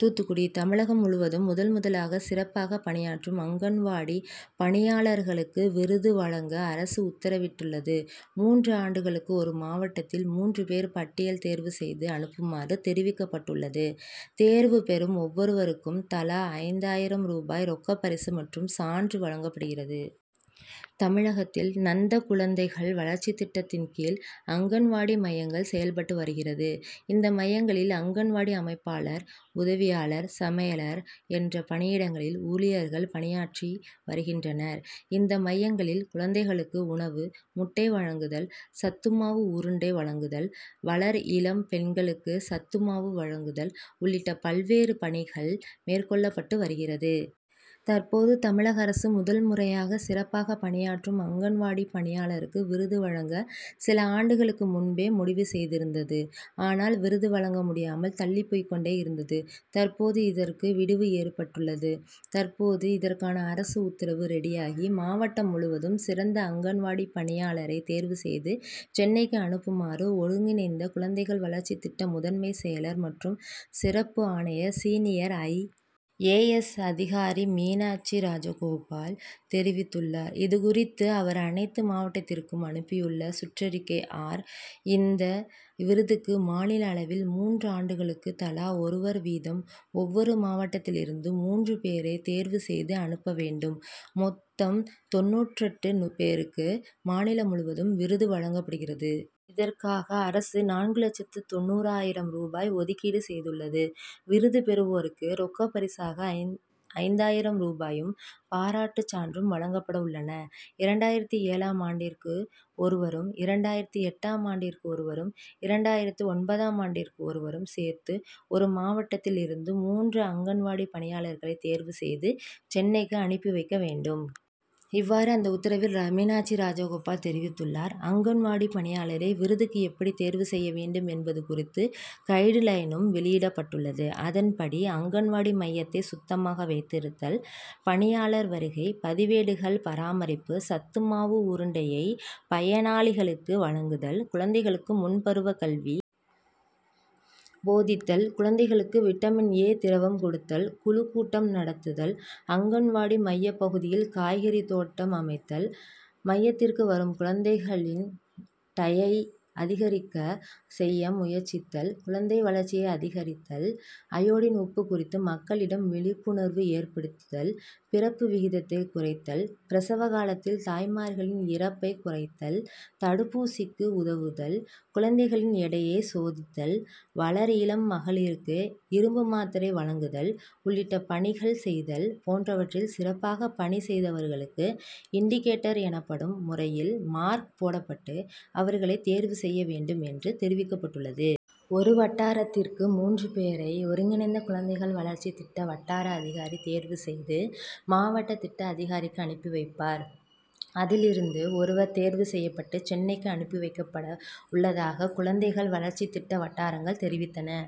தூத்துக்குடி, தமிழகம் முழுவதும் முதல், முதலாக சிறப்பாக பணியாற்றும் அங்கன்வாடி பணியாளர்களுக்கு விருது வழங்க அரசு உத்தரவிட்டுள்ளது. மூன்று ஆண்டுக்கு ஒரு மாவட்டத்தில் மூன்று பேர் பட்டியல் தேர்வு செய்து அனுப்புமாறு தெரிவிக்கப்பட்டுள்ளது. தேர்வு பெறும் ஒவ்வொருவருக்கும் தலா ஐந்தாயிரம் ரூபாய் ரொக்கப்பரிசு மற்றும் சான்று வழங்கப்படுகிறது. தமிழகத்தில் ணந்த குழந்தைகள் வளர் ச்சி திட்டத்தின் கீழ் அங்கன்வாடி மையங்கள் செயல்பட்டு வருகிறது. இந்த மையங்களில் அங்கன்வாடி அமைப்பாளர், உதவியாளர், சமையலர் என்ற பணியிடங்களில் ஊழியர்கள் பணியாற்றி வருகின்றனர். இந்த மையங்களில் குழந்தைகளுக்கு உணவு, முட்டை வழங்குதல், சத்துமாவு உருண்டை வழங்குதல், வளர் இளம் பெண்களுக்கு சத்துமாவு வழங்குதல் உள்ளிட்ட பல்வேறு பணிகள் மேற்கொள்ளப்பட்டு வருகிறது. தற்போது தமிழக அரசு முதல் முறையாக சிறப்பாக பணியாற்றும் அங்கன்வாடி பணியாளருக்கு விருது வழங்க சில ஆண்டுகளுக்கு முன்பே முடிவு செய்திருந்தது. ஆனால் விருது வழங்க முடியாமல் தள்ளிப் போய் கொண்டே இருந்தது. தற்போது இதற்கு விடிவு ஏற்பட்டுள்ளது. தற்போது இதற்கான அரசு உத்தரவு ரெடியாகி மாவட்டம் முழுவதும் சிறந்த அங்கன்வாடி பணியாளரைத் தேர்வு செய்து சென்னைக்கு அனுப்புமாறு ஒருங்கிணைந்த குழந்தைகள் வளர்ச்சி திட்ட முதன்மை செயலர் மற்றும் சிறப்பு ஆணையர் சீனியர் ஐ. ஏ. எஸ் அதிகாரி மீனா ட்சிராஜகோபால் தெரிவித்துள்ளார். இது குறித்து அவர் அனைத்து மாவட்டத்திற்கும் அனுப்பியுள்ள சுற்றறிக்கை ஆர். இந்த விருதுக்கு மாநில அளவில் மூன்று ஆண்டுகளுக்கு தலா ஒருவர் வீதம் ஒவ்வொரு மாவட்டத்தில் இருந்து மூன்று பேரை தேர்வு செய்து அனுப்ப வேண்டும். மொத்தம் தொண்ணூற்றெட்டு பேருக்கு மாநிலம் முழுவதும் விருது வழங்கப்படுகிறது. இதற்காக அரசு நான்கு லட்சத்து தொண்ணூறாயிரம் ரூபாய் ஒதுக்கீடு செய்துள்ளது. விருது பெறுவோருக்கு ரொக்கப்பரிசாக ஐந்தாயிரம் ரூபாயும், பாராட்டு சான்றும் வழங்கப்பட உள்ளன. இரண்டாயிரத்து ஏழாம் ஆண்டிற்கு ஒருவரும், இரண்டாயிரத்து எட்டாம் ஆண்டிற்கு ஒருவரும், இரண்டாயிரத்து ஒன்பதாம் ஆண்டிற்கு ஒருவரும் சேர்த்து ஒரு மாவட்டத்தில் இருந்து மூன்று அங்கன்வாடி பணியாளர்களை தேர்வு செய்து சென்னைக்கு அனுப்பி வைக்க வேண்டும். இவ்வாறு அந்த உத்தரவில் மீனாட்சிராஜகோபால் தெரிவித்துள்ளார். அங்கன்வாடி பணியாளரை விருதுக்கு எப்படி தேர்வு செய்ய வேண்டும் என்பது குறித்து கைடுலைனும் வெளியிடப்பட்டுள்ளது. அதன்படி அங்கன்வாடி மையத்தை சுத்தமாக வைத்திருத்தல், பணியாளர் வருகை, பதிவேடுகள் பராமரிப்பு, சத்துமாவு உருண்டையை பயனாளிகளுக்கு வழங்குதல், குழந்தைகளுக்கு முன்பருவ கல்வி போதித்தல், குழந்தைகளுக்கு விட்டமின் ஏ திரவம் கொடுத்தல், குழு கூட்டம் நடத்துதல், அங்கன்வாடிமைய பகுதியில் காய்கறி தோட்டம் அமைத்தல், மையத்திற்கு வரும் குழந்தைகளின் டயை அதிகரிக்க செய்ய முயற்சித்தல், குழந்தை வளர்ச்சியை அதிகரித்தல், அயோடின் உப்பு குறித்து மக்களிடம் விழிப்புணர்வு ஏற்படுத்துதல், பிறப்பு விகிதத்தை குறைத்தல், பிரசவ காலத்தில் தாய்மார்களின் இறப்பை குறைத்தல், தடு ப்பூசிக்கு உதவுதல், குழந்தைகளின் எடையை சோதித்தல், வளர்இளம் மகளிருக்கு இரும்புமாத்திரை வழங்குதல் உள்ளிட்ட பணிகள் செய்தல் போன்றவற்றில் சிறப்பாக பணி செய்தவர்களுக்கு இண்டிகேட்டர் எனப்படும் முறையில் மார்க் போடப்பட்டு அவர்களைத் தேர்வு செய்ய வேண்டும் என்று தெரிவிக்கப்பட்டுள்ளது. ஒரு வட்டாரத்திற்கு மூன்று பேரை ஒருங்கிணைந்த குழந்தைகள் வளர்ச்சி திட்ட வட்டார அதிகாரி தேர்வு செய்து மாவட்ட திட்ட அதிகாரிக்கு அனுப்பி வைப்பார். அதில் இருந்து ஒருவர் தேர்வு செய்யப்பட்டு சென்னைக்கு அனுப்பி வைக்கப்பட உள்ளதாக குழந்தைகள் வளர்ச்சி திட்ட வட்டாரங்கள் தெரிவித்தன.